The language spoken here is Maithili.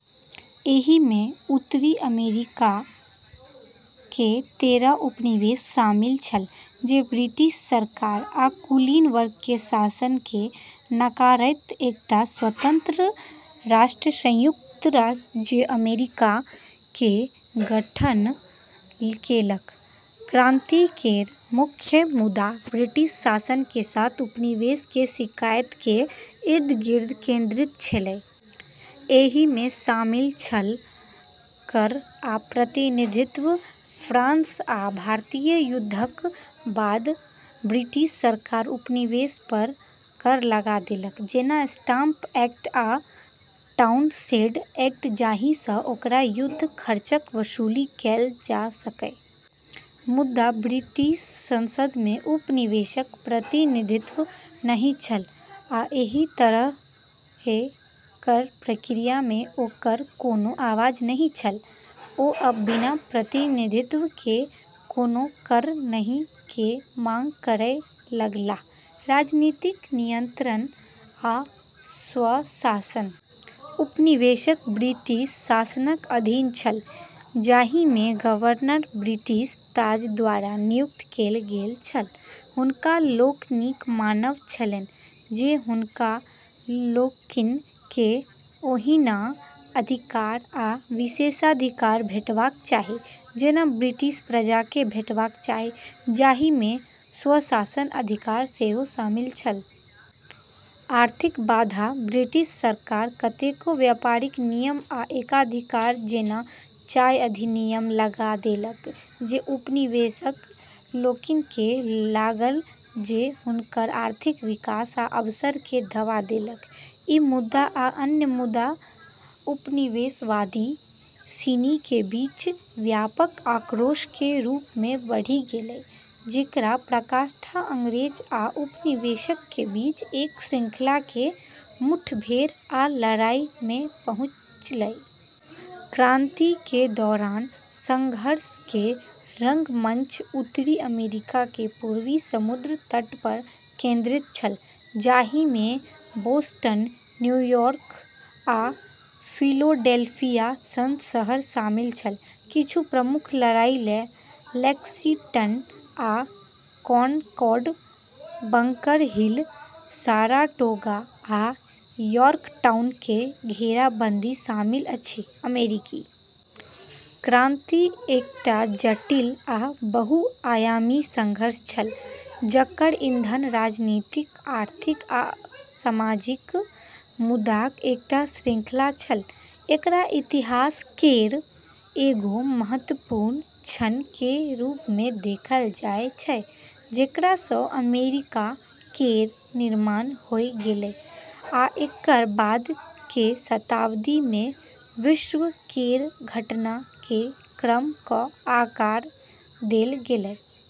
एहि मे उत्तरी अमेरिका के तेरह उपनिवेश शामिल छल, जे ब्रिटिश सरकार आ कुलीन वर्ग के शासन के नकारैत एकटा स्वतंत्र राष्ट्र संयुक्त राज्य अमेरिका के गठन केलक। क्रांति केर मुख्य मुद्दा ब्रिटिश शासन के साथ उपनिवेश के शिकायत के इर्द-गिर्द केंद्रित छेलै। एहि मे शामिल छल: कर आ प्रतिनिधित्व। फ्रांस आ भारतीय युद्धक बाद ब्रिटिश सरकार उपनिवेश पर कर लगा देलक, जेना स्टाम्प एक्ट आ टाउनशेंड एक्ट जाहि सँ ओकर युद्ध खर्चक वसूली कयल जा सकय। मुदा, ब्रिटिश संसद मे उपनिवेशक प्रतिनिधित्व नहि छल आ एहि तरहें कर प्रक्रिया मे ओकर कोनो आवाज नहि छल। ओ सब "बिना प्रतिनिधित्व के कोनो कर नहि" के मांग करय लगलाह। राजनीतिक नियंत्रण आ स्वशासन। उपनिवेशक ब्रिटिश शासनक अधीन छल, जाहि मे गवर्नर ब्रिटिश ताज द्वारा नियुक्त कयल गेल छल। हुनका लोकनिक मानब छलनि जे हुनका लोकनि केँ ओहिना अधिकार आ विशेषाधिकार भेटबाक चाही जेना ब्रिटिश प्रजा केँ भेटबाक चाही, जाहि मे स्वशासनक अधिकार सेहो शामिल छल। आर्थिक बाधा। ब्रिटिश सरकार कतेको व्यापारिक नियम आ एकाधिकार जेना चाय अधिनियम लगा देलक जे उपनिवेशक लोकनि केँ लागल जे हुनकर आर्थिक विकास आ अवसर केँ दबा देलक। ई मुद्दा आ अन्य मुद्दा उपनिवेशवादी सिनी के बीच व्यापक आक्रोश के रूप मे बढ़ी गेलै, जेकर पराकाष्ठा अंग्रेज आ उपनिवेशक के बीच एक श्रृंखला के मुठभेड़ आ लड़ाई मे पहुँचलै। क्रांति के दौरान संघर्ष के मुख्य रंगमंच उत्तरी अमेरिका के पूर्वी समुद्र तट पर केंद्रित छल, जाहि मे बोस्टन, न्यूयॉर्क, आ फिलाडेल्फिया सन शहर शामिल छल। किछु प्रमुख लड़ाई मे लेक्सिंगटन आ कॉनकॉर्ड, बंकर हिल, साराटोगा, आ यॉर्कटाउन के घेराबंदी शामिल अछि। अमेरिकी क्रांति एकटा जटिल आ बहुआयामी संघर्ष छल, जकर ईंधन राजनीतिक, आर्थिक आ सामाजिक मुद्दाक एकटा श्रृंखला छल। एकरा इतिहास केर एगो महत्वपूर्ण क्षण के रूप मे देखल जाय छै, जेकरा सँ अमेरिका केर निर्माण होय गेलै आ एकर बाद के शताब्दी मे विश्व केर घटना के क्रम क आकार देल गेलै।